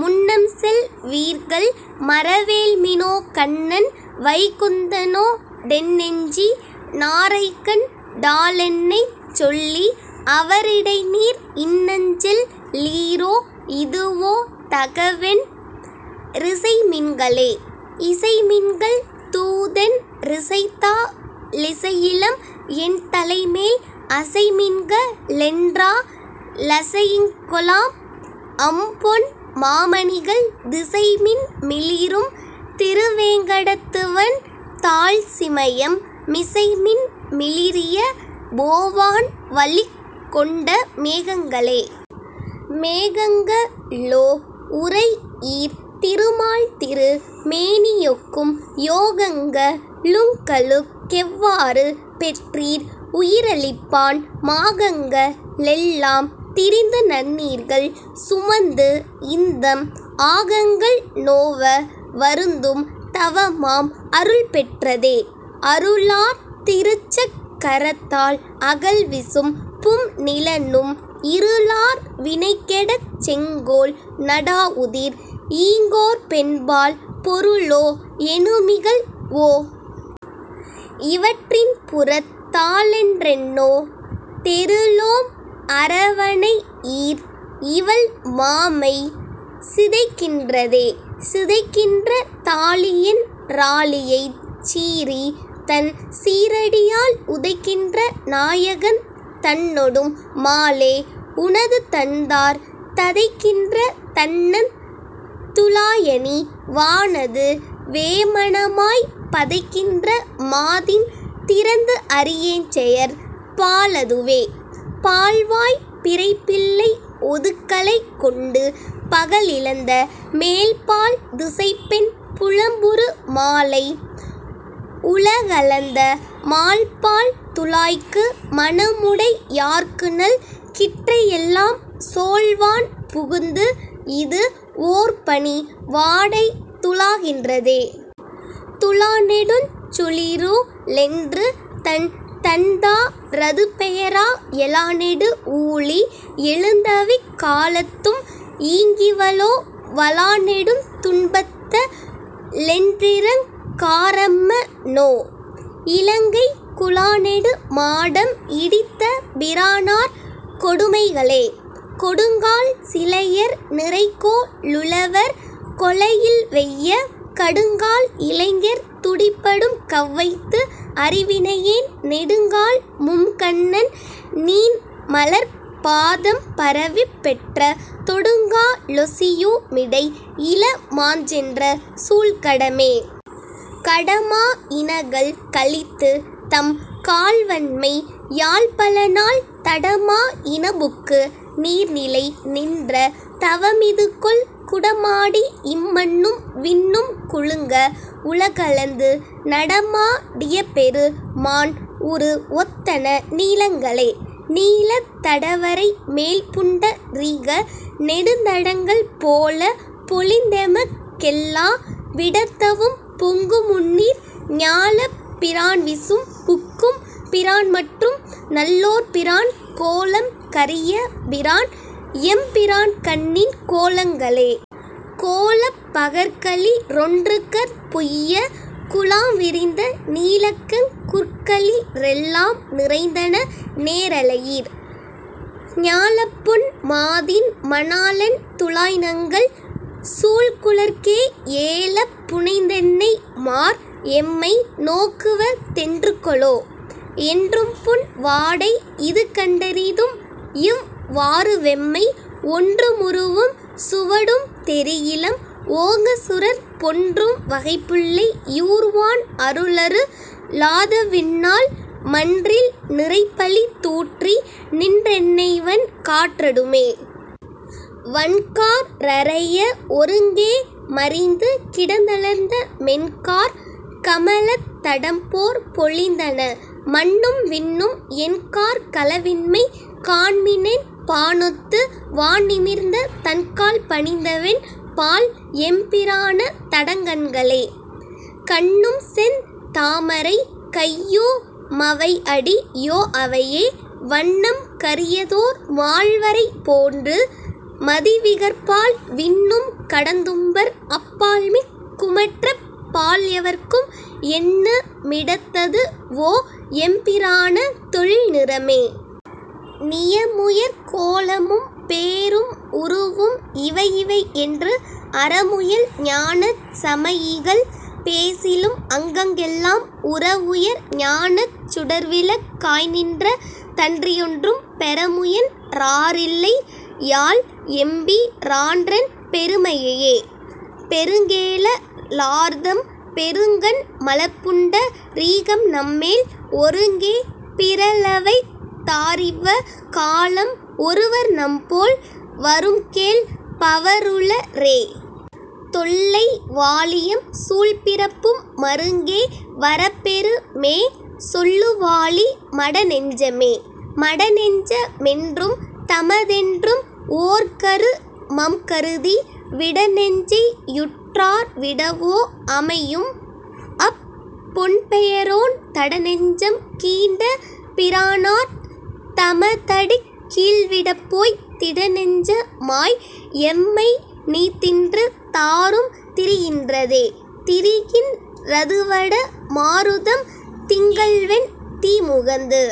முன்னம்செல் வீர்கள் மறவேல்மினோகண்ணன் வைகுந்தனோ டென்னெஞ்சி னாரைக்கண் டாலென்னைச் சொல்லி அவரிடைநீர் இன்னஞ்செல் லீரோ, இதுவோ தகவென் றிசைமின்களே. இசைமின்கள் தூதென் றிசைத்தா லிசையிலம், என்தலைமேல் அசைமின்க ளென்றா லசையிங்கொலாம், அம்பொன் மாமணிகள் திசைமின் மிளிரும் திருவேங்கடத்துவன் தாள்சிமயம் மிசைமின் மிளிரிய போவான் வழிக் கொண்ட மேகங்களே. மேகங்க ளோ. உரை யீர், திருமால்திரு மேனியொக்கும் யோகங்க ளுங்களுக் கெவ்வாறு பெற்றீர், உயிரளிப்பான் மாகங்க ளெல்லாம் திரிந்துநன்னீர்கள் சுமந்து_ந்தம் ஆகங்கள் நோவ, வருந்தும் தவமாம் அருள்பெற்றதே? அருளார் திருச்சக் கரத்தால் அகல்விசும் பும்நிலனும் இருளார் வினைகெடச் செங்கோல் நடாவுதிர், ஈங்கோர்பெண்பால் பொருளோ எனுமிகழ் வோ? இவற்றின்புறத் தாளென்றெண்ணோ? தெருளோம் அரவணை யீர், இவள் மாமை சிதைக்கின்றதே. சிதைக்கின்ற தாழியென் றாழியைச் சீறி, தன் சீறடியால் உதைக்கின்ற நாயகந் தன்னொடும் மாலே, உனதுதண்தார் ததைக்கின்ற தண்ணந் துழாயணி வானது வேமனமாய்ப் பதைக்கின்ற மாதின் திறத்துஅறியேஞ்செயற் பாலதுவே. பால்வாய்ப் பிறைப்பிள்ளை ஒக்கலைக் கொண்டு, பகலிழந்த மேல்பால் திசைப்பெண் புலம்புறு மாலை, உலகளந்த மால்பால் துழாய்க்கு மனமுடை யார்க்குநல் கிற்றையெல்லாம் சோல்வான் புகுந்து, இது வோர்பனி வாடை துழாகின்றதே. துழாநெடுஞ் சூழிரு ளென்று, தன் தண்தா ரதுபெயரா எழாநெடு வூழி யெழுந்தவிக் காலத்தும், ஈங்கிவளோ வழாநெடுந் துன்பத்த ளென்றிரங் காரம்ம னோ. இலங்கைக் குழாநெடு மாடம், இடித்த பிரானார் கொடுமைகளே. கொடுங்கால் சிலையர் நிரைகோ ளுழவர், கொலையில்வெய்ய கடுங்கால் இளைஞர் துடிபடும் கவ்வைத்து, அருவினையேன் நெடுங்கால மும்கண்ணன் நீண்மலர்ப் பாதம் பரவிப் பெற்ற தொடுங்கா லொசியு மிடை, இள மாஞ்சென்ற சூழ்கடமே. கடமா யினகள் கழித்து, தம் கால்வன்மை யால்பலநாள் தடமா யினபுக்கு நீர்நிலை நின்ற தவமிதுகொல், குடமாடி யிம்மண்ணும் விண்ணும் குலுங்க வுலகளந்து நடமா டியபெரு மான், உரு வொத்தன நீலங்களே. நீலத் தடவரை மேல்புண்ட ரீக நெடுந்தடங்கள் போல, பொலிந்தெமக் கெல்லா விடத்தவும், பொங்குமுந்நீர் ஞாலப் பிரான்விசும் புக்கும் பிரான்மற்றும் நல்லோர்பிரான் கோலம் கரிய பிரான், எம்பிரான்கண்ணின் கோலங்களே. கோலப் பகற்களி றொன்றுகற் புய்ய, குழாம்விரிந்த நீலக்கங் குற்களி றெல்லாம் நிறைந்தன, நேரிழையீர். ஞாலப்பொன் மாதின் மணாளன் துழாய்நங்கள் சூழ்குழற்கே ஏலப் புனைந்தென்னை மார், எம்மை நோக்குவ தென்றுகொலோ. என்றும்புன் வாடை யிதுகண்டறிதும், இவ் வாறுவெம்மை ஒன்றுமுருவும் சுவடும் தெரியிலம், ஓங்கசுரர் பொன்றும் வகைபுள்ளை யூர்வான் அருளரு ளாதவிந்நாள் மன்றில் நிறைபழி தூற்றி, நின்றென்னைவன் காற்றடுமே. வன்காற் றறைய ஒருங்கே மறிந்து கிடந்தலர்ந்த, மென்காற் கமலத் தடம்போற் பொலிந்தன, மண்ணும்விண்ணும் என்காற் களவின்மை காண்மினென் பானொத்து வான்நிமிர்ந்த தன்கால்பணிந்தவென் பால், எம்பிரான தடங்கண்களே. கண்ணும்செந் தாமரை கையு மவைஅடி யோஅவையே, வண்ணம் கரியதோர் மால்வரை போன்று, மதிவிகற்பால் விண்ணும் கடந்தும்பர் அப்பால்மிக் குமற்றெப் பால்எவர்க்கும் எண்ணு மிடத்தது வோ, எம்பிரான தெழில்நிறமே? நியமுயர் கோலமும் பேரும் உருவும் இவையிவையென்று, அறமுயல் ஞானச் சமயிகள் பேசிலும், அங்கங்கெல்லாம் உறவுயர் ஞானச் சுடர்விளக் காய்நின்ற தன்றியொன்றும் பெறமுயன் றாரில்லை யால், எம்பி ரான்றன் பெருமையையே. பெருங்கேழ லார்தம் பெருங்கண் மலர்ப்புண்ட ரீகம்நம்மேல் ஒருங்கே பிறழவைத் தாரிவ்வ காலம், ஒருவர்நம்போல் வரும்கேழ் பவருள ரே? தொல்லை வாழியம் சூழ்பிறப்பும் மருங்கே வரப்பெறு மே, சொல்லுவாழி மடநெஞ்சமே. மடநெஞ்ச மென்றும் தமதென்றும், ஓர்கரு மம்கருதி, விடநெஞ்சை யுற்றார் விடவோ அமையும், அப் பொன்பெயரோன் தடநெஞ்சம் கீண்ட பிரானார் தமதடிக் கீழ்விடப்போய்த் திடநெஞ்ச மாய், எம்மை நீத்தின்று தாறும் திரிகின்றதே. திரிகின் றதுவட மாருதம், திங்கள்வெந் தீமுகந்து